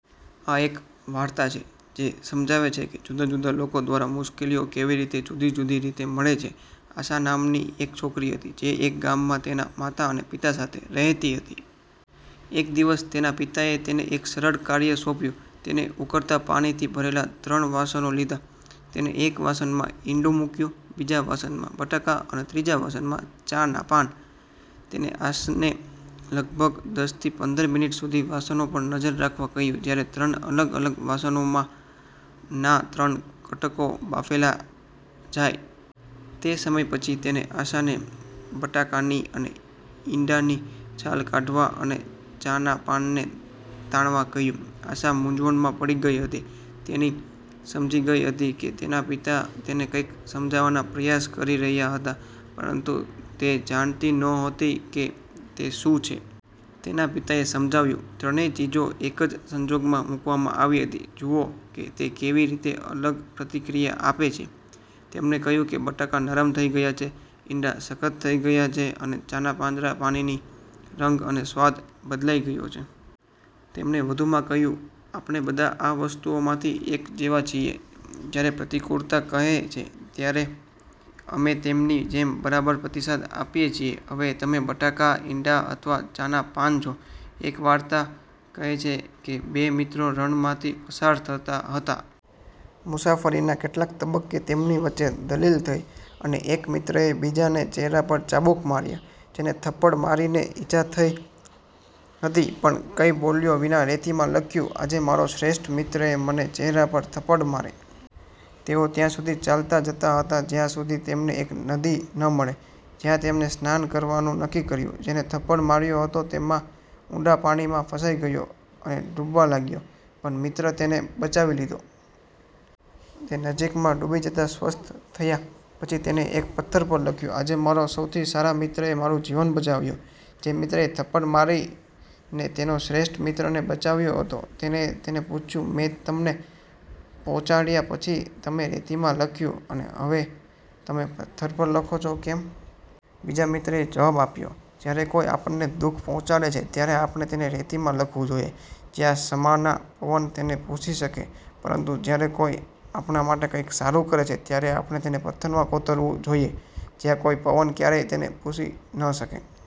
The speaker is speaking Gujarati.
આ એક વાર્તા છે જે સમજાવે છે કે જુદા જુદા લોકો દ્વારા મુશ્કેલીઓ કેવી રીતે જુદી જુદી રીતે મળે છે. આશા નામની એક છોકરી હતી જે એક ગામમાં તેના માતા અને પિતા સાથે રહેતી હતી. એક દિવસ, તેના પિતાએ તેને એક સરળ કાર્ય સોંપ્યું. તેને ઉકળતા પાણી થી ભરેલા ત્રણ વાસણો લીધા. તેને એક વાસણમાં ઈંડુ મૂક્યું, બીજા વાસણમાં બટાકા અને ત્રીજા વાસણમાં ચાના પાન. તેને આશને લગભગ દસથી પંદર મિનિટ સુધી વાસણો પર નજર રાખવા કહ્યું, જ્યારે ત્રણ અલગ અલગ વાસણો માં ના ત્રણ ઘટકો બાફેલા જાય. તે સમય પછી, તેણે આશાને બટાકાની અને ઇંડાની છાલ કાઢવા, અને ચાના પાનને તાણવા કહ્યું. આશા મૂંઝવણમાં પડી ગઈ હતી તેણી સમજી ગઈ હતી કે તેના પિતા તેને કંઈક સમજાવવાનો પ્રયાસ કરી રહ્યા હતા, પરંતુ તે જાણતી નહોતી કે તે શું છે. તેના પિતાએ સમજાવ્યું, "ત્રણેય ચીજો એક જ સંજોગોમાં મૂકવામાં આવી હતી. જુઓ કે તે કેવી રીતે અલગ પ્રતિક્રિયા આપી છે. " તેમણે કહ્યું કે બટાકા નરમ થઈ ગયા છે, ઇંડા સખત થઈ ગયા છે, અને ચાના પાંદડાથી પાણીનો રંગ અને સ્વાદ બદલાઈ ગયો છે. તેમણે વધુમાં કહ્યું, "આપણે બધા આ વસ્તુઓમાંથી એક જેવા છીએ. જ્યારે પ્રતિકૂળતા કહે છે, ત્યારે અમે તેમની જેમ બરાબર પ્રતિસાદ આપીએ છીએ. હવે, તમે બટાકા, ઇંડા અથવા ચાના પાન છો? " એક વાર્તા કહે છે કે બે મિત્રો રણમાંથી પસાર થતા હતા. મુસાફરીના કેટલાક તબક્કે તેમની વચ્ચે દલીલ થઈ, અને એક મિત્રએ બીજા ને ચહેરા પર ચાબુક માર્યો. જેને થપ્પડ મારીને ઈજા થઈ હતી, પણ કંઈ બોલ્યા વિના રેતીમાં લખ્યું; "આજે મારા શ્રેષ્ઠ મિત્રએ મને ચહેરા પર થપ્પડ મારી. " તેઓ ત્યાં સુધી ચાલતા જતા હતા જ્યાં સુધી તેમને એક નદી ન મળે, જ્યાં તેમને સ્નાન કરવાનું નક્કી કર્યું. જેણે થપ્પડ માર્યો હતો તેમાં ઊંડા પાણી માં ફસાઈ ગયો અને ડૂબવા લાગ્યો, પણ મિત્રે તેને બચાવી લીધો. તે નજીકમાં ડૂબી જતા સ્વસ્થ થયા પછી, તેણે એક પથ્થર પર લખ્યું; "આજે મારા સૌથી સારા મિત્રએ મારું જીવન બચાવ્યું. " જે મિત્રએ થપ્પડ મારીને તેનો શ્રેષ્ઠ મિત્રને બચાવ્યો હતો તેણે તેને પૂછ્યું; "મેં તમને પહોંચાડ્યા પછી તમે રેતીમાં લખ્યું અને હવે, તમે પથ્થર પર લખો છો, કેમ? " બીજા મિત્રએ જવાબ આપ્યો; "જ્યારે કોઈ આપણને દુખ પહોંચાડે છે ત્યારે આપણે તેને રેતીમાં લખવું જોઈએ જ્યાં ક્ષમાના પવન તેને ભૂંસી શકે. પરંતુ, જ્યારે કોઈ આપણા માટે કંઈક સારું કરે છે, ત્યારે આપણે તેને પથ્થરમાં કોતરવું જોઈએ જ્યાં કોઈ પવન ક્યારેય તેને ભૂંસી ન શકે. "।